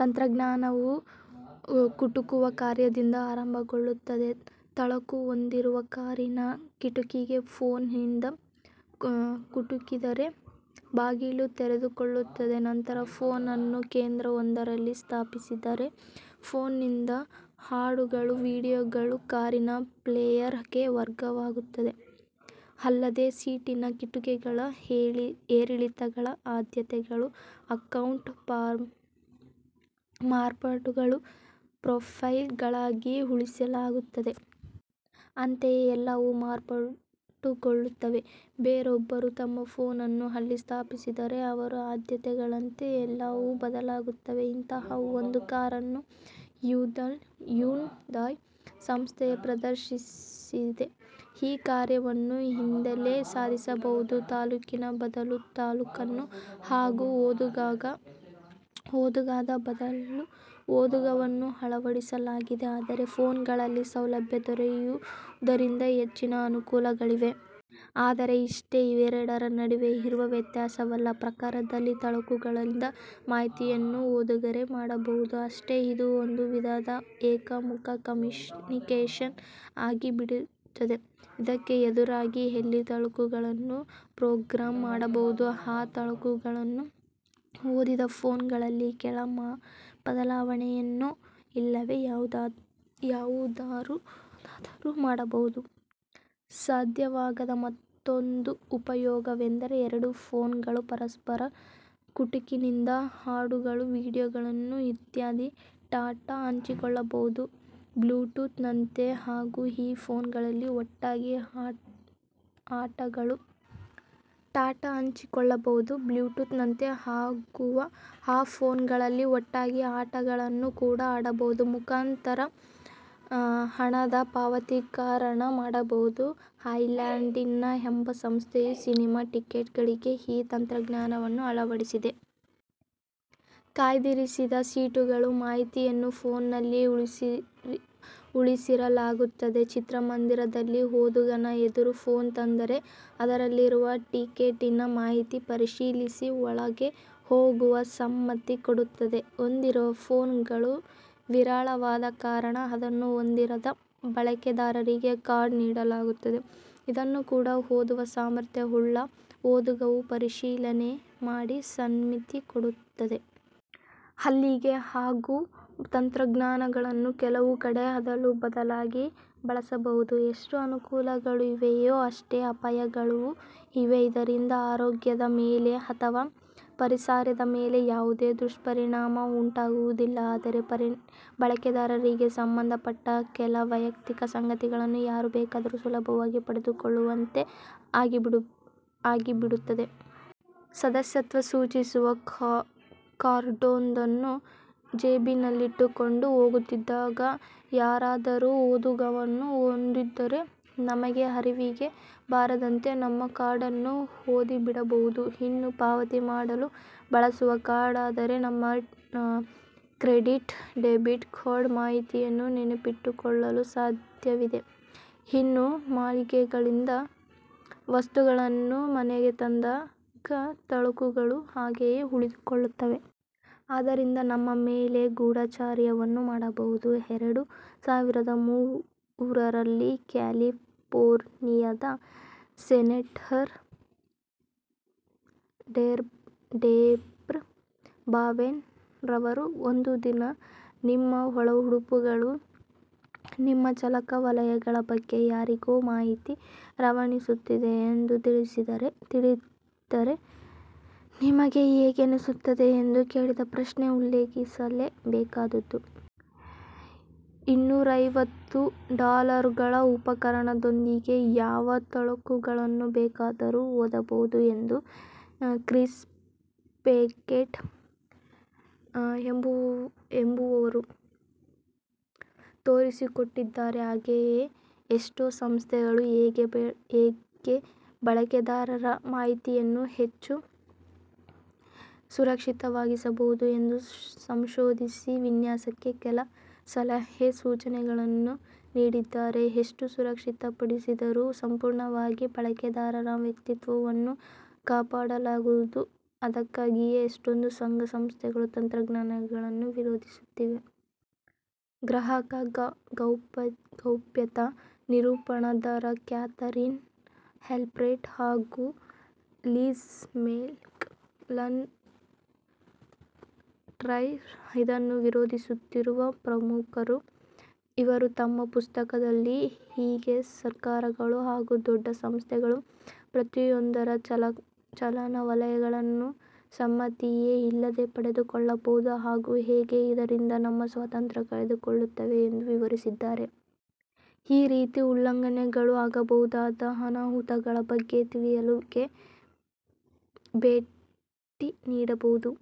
ತಂತ್ರಜ್ಞಾನವು ಕುಟುಕುವ ಕಾರ್ಯದಿಂದ ಆರಂಭಗೊಳ್ಳುತ್ತದೆ. ತಳುಕು ಹೊಂದಿರುವ ಕಾರಿನ ಕಿಟುಕಿಗೆ ಫೋನ್ ನಿಂದ ಕುಟುಕಿದರೆ ಬಾಗಿಲು ತೆರೆದುಕೊಳ್ಳುತ್ತದೆ. ನಂತರ ಫೋನನ್ನು ಕೇಂದ್ರವೊಂದರಲ್ಲಿ ಸ್ಥಾಪಿಸಿದರೆ, ಫೋನ್ ನಿಂದ ಹಾಡುಗಳು, ವೀಡಿಯೋಗಳು ಕಾರಿನ ಪ್ಲೇಯರ್ ಗೆ ವರ್ಗವಾಗುತ್ತವೆ. ಅಲ್ಲದೆ ಸೀಟಿನ, ಕಿಟುಕಿಗಳ ಏರಿಳಿತಗಳ ಆದ್ಯತೆಗಳು, ಅಕೌಂಟ್ ಮಾರ್ಪಾಟುಗಳು, ಪ್ರೊಫೈಲ್ ಗಳಾಗಿ ಉಳಿಸಿರಲಾಗುತ್ತದೆ. ಅಂತೆಯೇ ಎಲ್ಲವೂ ಮಾರ್ಪಟುಗೊಳ್ಳುತ್ತವೆ. ಬೇರೊಬ್ಬರು ತಮ್ಮ ಫೋನನ್ನು ಅಲ್ಲಿ ಸ್ಥಾಪಿಸಿದರೆ ಅವರ ಆದ್ಯತೆಗಳಂತೆ ಎಲ್ಲವೂ ಬದಲಾಗುತ್ತವೆ. ಇಂತಹ ಒಂದು ಕಾರನ್ನು ಹ್ಯುಂದಾಯ್ ಸಂಸ್ಥೆಯು ಪ್ರದರ್ಶಿಸಿದೆ. ಈ ಕಾರ್ಯವನ್ನು ಯಿಂದಲೇ ಸಾಧಿಸಬಹುದು. ತಳುಕಿನ ಬದಲು ತಳುಕನ್ನು ಹಾಗು ಓದುಗದ ಬದಲು ಓದುಗವನ್ನು ಅಳವಡಿಸಲಾಗಿದೆ. ಆದರೆ ಫೋನ್ ಗಳಲ್ಲಿ ಸೌಲಭ್ಯ ದೊರೆಯುವುದರಿಂದ ಹೆಚ್ಚಿನ ಅನುಕೂಲಗಳಿವೆ. ಆದರೆ ಇಷ್ಟೇ ಇವೆರಡರ ನಡುವೆ ಇರುವ ವ್ಯತ್ಯಾಸವಲ್ಲ. ಪ್ರಕಾರದಲ್ಲಿ ತಳುಕುಗಳಿಂದ ಮಾಹಿತಿಯನ್ನು ಓದುಗರೆ ಮಾಡಬಹುದು ಅಷ್ಟೇ. ಇದು ಒಂದು ವಿಧದಲ್ಲಿ ಏಕಮುಖ ಕಮ್ಯುನಿಕೇಷನ್ ಆಗಿಬಿಡುತ್ತದೆ. ಇದಕ್ಕೆ ಎದುರಾಗಿ ಯಲ್ಲಿ ತಳುಕುಗಳನ್ನು ಪ್ರೊಗ್ರಾಮ್ ಮಾಡಬಹುದು. ಆ ತಳುಕುಗಳನ್ನು ಓದಿದ ಫೋನ್ ಗಳಲ್ಲಿ ಕೆಲ ಬದಲಾವನೆಯನ್ನೋ, ಇಲ್ಲವೇ ಯಾವುದಾದರೂ ಮಾಡಬಹುದು. ಸಾಧ್ಯವಾಗದ ಮತ್ತೊಂದು ಉಪಯೋಗವೆಂದರೆ. ಎರಡು ಫೋನ್ ಗಳು ಪರಸ್ಪರ ಕುಟುಕಿನಿಂದ ಹಾಡುಗಳು, ವೀಡಿಯೋಗಳು ಇತ್ಯಾದಿ ಡಾಟಾ ಹಂಚಿಕೊಳ್ಳಬಹುದು. ಬ್ಲೂಟೂತ್ ನಂತೆ ಆಗುವ ಈ ಫೋನ್ ಗಳಲ್ಲಿ ಒಟ್ಟಾಗಿ ಆಟಗಳನ್ನು ಕೂಡ ಆಡಬಹುದು. ಮುಖಾಂತರ ಹಣದ ಪಾವತೀಕರಣ ಮಾಡಬಹುದು. ಐರ್ಲ್ಯಾಂಡಿನ ಎಂಬ ಸಂಸ್ಥೆಯು ಸಿನಿಮಾ ಟಿಕೆಟ್ ಗಳಿಗೆ ಈ ತಂತ್ರಜ್ಞಾನವನ್ನು ಅಳವಡಿಸಿದೆ. ಕಾಯ್ದಿರಿಸಿದ ಸೀಟುಗಳ ಮಾಹಿತಿಯನ್ನು ಫೋನ್ ನಲ್ಲಿ ಉಳಿಸಿರಲಾಗುತ್ತದೆ. ಚಿತ್ರಮಂದಿರದಲ್ಲಿ ಓದುಗನ ಎದುರು ಫೋನ್ ತಂದರೆ, ಅದರಲ್ಲಿರುವ ಟಿಕೆಟ್ಟಿನ ಮಾಹಿತಿ ಪರಿಶೀಲಿಸಿ, ಒಳಗೆ ಹೋಗಲು ಸಮ್ಮತಿ ಕೊಡುತ್ತದೆ. ಹೊಂದಿರುವ ಫೋನ್ ಗಳು ವಿರಳವಾದ ಕಾರಣ ಅದನ್ನು ಹೊಂದಿರದ ಬಳಕೆದಾರರಿಗೆ ಕಾರ್ಡ್ ನೀಡಲಾಗುತ್ತದೆ. ಇದನ್ನು ಕೂಡ ಓದುವ ಸಾಮರ್ಥ್ಯವುಳ್ಳ ಓದುಗವು ಪರಿಶೀಲನೆ ಮಾಡಿ ಸಮ್ಮತಿ ಕೊಡುತ್ತದೆ. ಅಲ್ಲಿಗೆ ಹಾಗು ತಂತ್ರಜ್ಞಾನಗಳನ್ನು ಕೆಲವು ಕಡೆ ಅದಲು ಬದಲಾಗಿ ಬಳಸಬಹುದು. ಎಷ್ಟು ಅನುಕೂಲಗಳು ಇವೆಯೋ ಅಷ್ಟೇ ಅಪಾಯಗಳೂ ಇವೆ. ಇದರಿಂದ ಆರೋಗ್ಯದ ಮೇಲೆ ಅಥವಾ ಪರಿಸರದ ಮೇಲೆ ಯಾವುದೇ ದುಷ್ಪರಿಣಾಮ ಉಂಟಾಗುವುದಿಲ್ಲ, ಆದರೆ ಬಳಕೆದಾರರಿಗೆ ಸಂಬಂಧ ಪಟ್ಟ ಕೆಲ ವೈಯಕ್ತಿಕ ಸಂಗತಿಗಳನ್ನು ಯಾರು ಬೇಕಾದರೂ ಸುಲಭವಾಗಿ ಪಡೆದುಕೊಳ್ಳುವಂತೆ ಆಗಿಬಿಡುತ್ತದೆ. ಸದಸ್ಯತ್ವ ಸೂಚಿಸುವ ಕಾರ್ಡೊಂದನ್ನು ಜೇಬಿನಲ್ಲಿಟ್ಟುಕೊಂಡು ಹೋಗುತ್ತಿದ್ದಾಗ, ಯಾರಾದರೂ ಓದುಗವನ್ನು ಹೊಂದಿದ್ದರೆ ನಮಗೆ ಅರಿವಿಗೇ ಬಾರದಂತೆ ನಮ್ಮ ಕಾರ್ಡನ್ನು ಓದಿಬಿಡಬಹುದು. ಇನ್ನು ಪಾವತಿ ಮಾಡಲು ಬಳಸುವ ಕಾರ್ಡಾದರೆ, ನಮ್ಮ ಕ್ರೆಡಿಟ್ ಡೆಬಿಟ್ ಕಾರ್ಡ್ ಮಾಹಿತಿಯನ್ನು ನೆನಪಿಟ್ಟುಕೊಳ್ಳಲು ಸಾಧ್ಯವಿದೆ. ಇನ್ನು ಮಳಿಗೆಗಳಿಂದ ವಸ್ತುಗಳನ್ನು ಮನೆಗೆ ತಂದಾಗ, ತಳುಕುಗಳು ಹಾಗೆಯೇ ಉಳಿದುಕೊಳ್ಳುತ್ತವೆ. ಇದರಿಂದ ನಮ್ಮ ಮೇಲೆ ಗೂಢಚರ್ಯವನ್ನು ಮಾಡಬಹುದು. ಎರಡು ಸಾವಿರದ ಮೂರರಲ್ಲಿ ಕ್ಯಾಲಿಫೋರ್ನಿಯಾದ ಸೆನೇಟರ್ ಡೆಬ್ರಾ ಬವೆನ್ ರವರು "ಒಂದು ದಿನ ನಿಮ್ಮ ಒಳಉಡುಪುಗಳು ನಿಮ್ಮ ಚಲನ ವಲನಗಳ ಬಗ್ಗೆ ಯಾರಿಗೋ ಮಾಹಿತಿ ರವಾನಿಸುತ್ತಿವೆ ಎಂದು ತಿಳಿದರೆ, ನಿಮಗೆ ಹೇಗೆನಿಸುತ್ತದೆ?" ' ಎಂದು ಕೇಳಿದ ಪ್ರಶ್ನೆ ಉಲ್ಲೇಖಿಸಲೇ ಬೇಕಾದದ್ದು. ಇನ್ನೂರೈವತ್ತುಡಾಲರುಗಳ ಉಪಕರಣದೊಂದಿಗೆ ಯಾವ ತಳುಕನ್ನು ಬೇಕಾದರೂ ಓದಬಹುದು ಎಂದು ಕ್ರಿಸ್ ಪೆಗೆಟ್ ಎಂಬುವವರು ತೋರಿಸಿಕೊಟ್ಟಿದ್ದಾರೆ. ಹಾಗೆಯೇ ಎಷ್ಟೋ ಸಂಸ್ಥೆಗಳು ಹೇಗೆ ಬಳಕೆದಾರರ ಮಾಹಿತಿಯನ್ನು ಹೆಚ್ಚು ಸುರಕ್ಷಿತವಾಗಿಸಬಹುದು ಎಂದು ಸಂಶೋಧಿಸಿ ವಿನ್ಯಾಸಕ್ಕೆ ಕೆಲ ಸಲಹೆ ಸೂಚನೆಗಳನ್ನು ನೀಡಿದ್ದಾರೆ. ಎಷ್ಟು ಸುರಕ್ಷಿತಪಡಿಸಿದರೂ, ಸಂಪೂರ್ಣವಾಗಿ ಬಳಕೆದಾರರ ವ್ಯಕ್ತಿತ್ವವನ್ನು ಕಾಪಾಡಲಾಗದು. ಅದಕ್ಕಾಗಿಯೆ ಎಷ್ಟೊಂದು ಸಂಘ ಸಂಸ್ಥೆಗಳು ತಂತ್ರಜ್ಞಾನವನ್ನು ವಿರೋಧಿಸುತ್ತಿವೆ. ಗ್ರಾಹಕ ಗೌಪ್ಯತಾ ನಿಪುಣರಾದ ಕ್ಯಾಥರೀನ್ ಆಲ್ಬ್ರೆಟ್ ಹಾಗು ಲಿಜ್ ಮೆಕ್ ಲನ್ ಟೈರ್ ಇದನ್ನು ವಿರೋಧಿಸುತ್ತಿರುವ ಪ್ರಮುಖರು. ಇವರು ತಮ್ಮ ಪುಸ್ತಕ: ದಲ್ಲಿ ಹೇಗೆ ಸರ್ಕಾರಗಳು ಹಾಗು ದೊಡ್ಡ ಸಂಸ್ಥೆಗಳು ಪ್ರತಿಯೊಬ್ಬರ ಚಲನ ವಲನಗಳನ್ನು ಸಮ್ಮತಿಯೇ ಇಲ್ಲದೆ ಪಡೆದುಕೊಳ್ಳಬಹುದು ಹಾಗು ಹೇಗೆ ಇದರಿಂದ ನಮ್ಮ ಸ್ವಾತಂತ್ರ್ಯ ಕಳೆದುಕೊಳ್ಳುತ್ತೇವೆ ಎಂದು ವಿವರಿಸಿದ್ದಾರೆ. ಈ ರೀತಿಯ ಉಲ್ಲಂಘನೆಗಳು, ಆಗಬಹುದಾದ ಅನಾಹುತಗಳ ಬಗ್ಗೆ ತಿಳಿಯಲು ಗೆ ಭೇಟಿ ನೀಡಬಹುದು.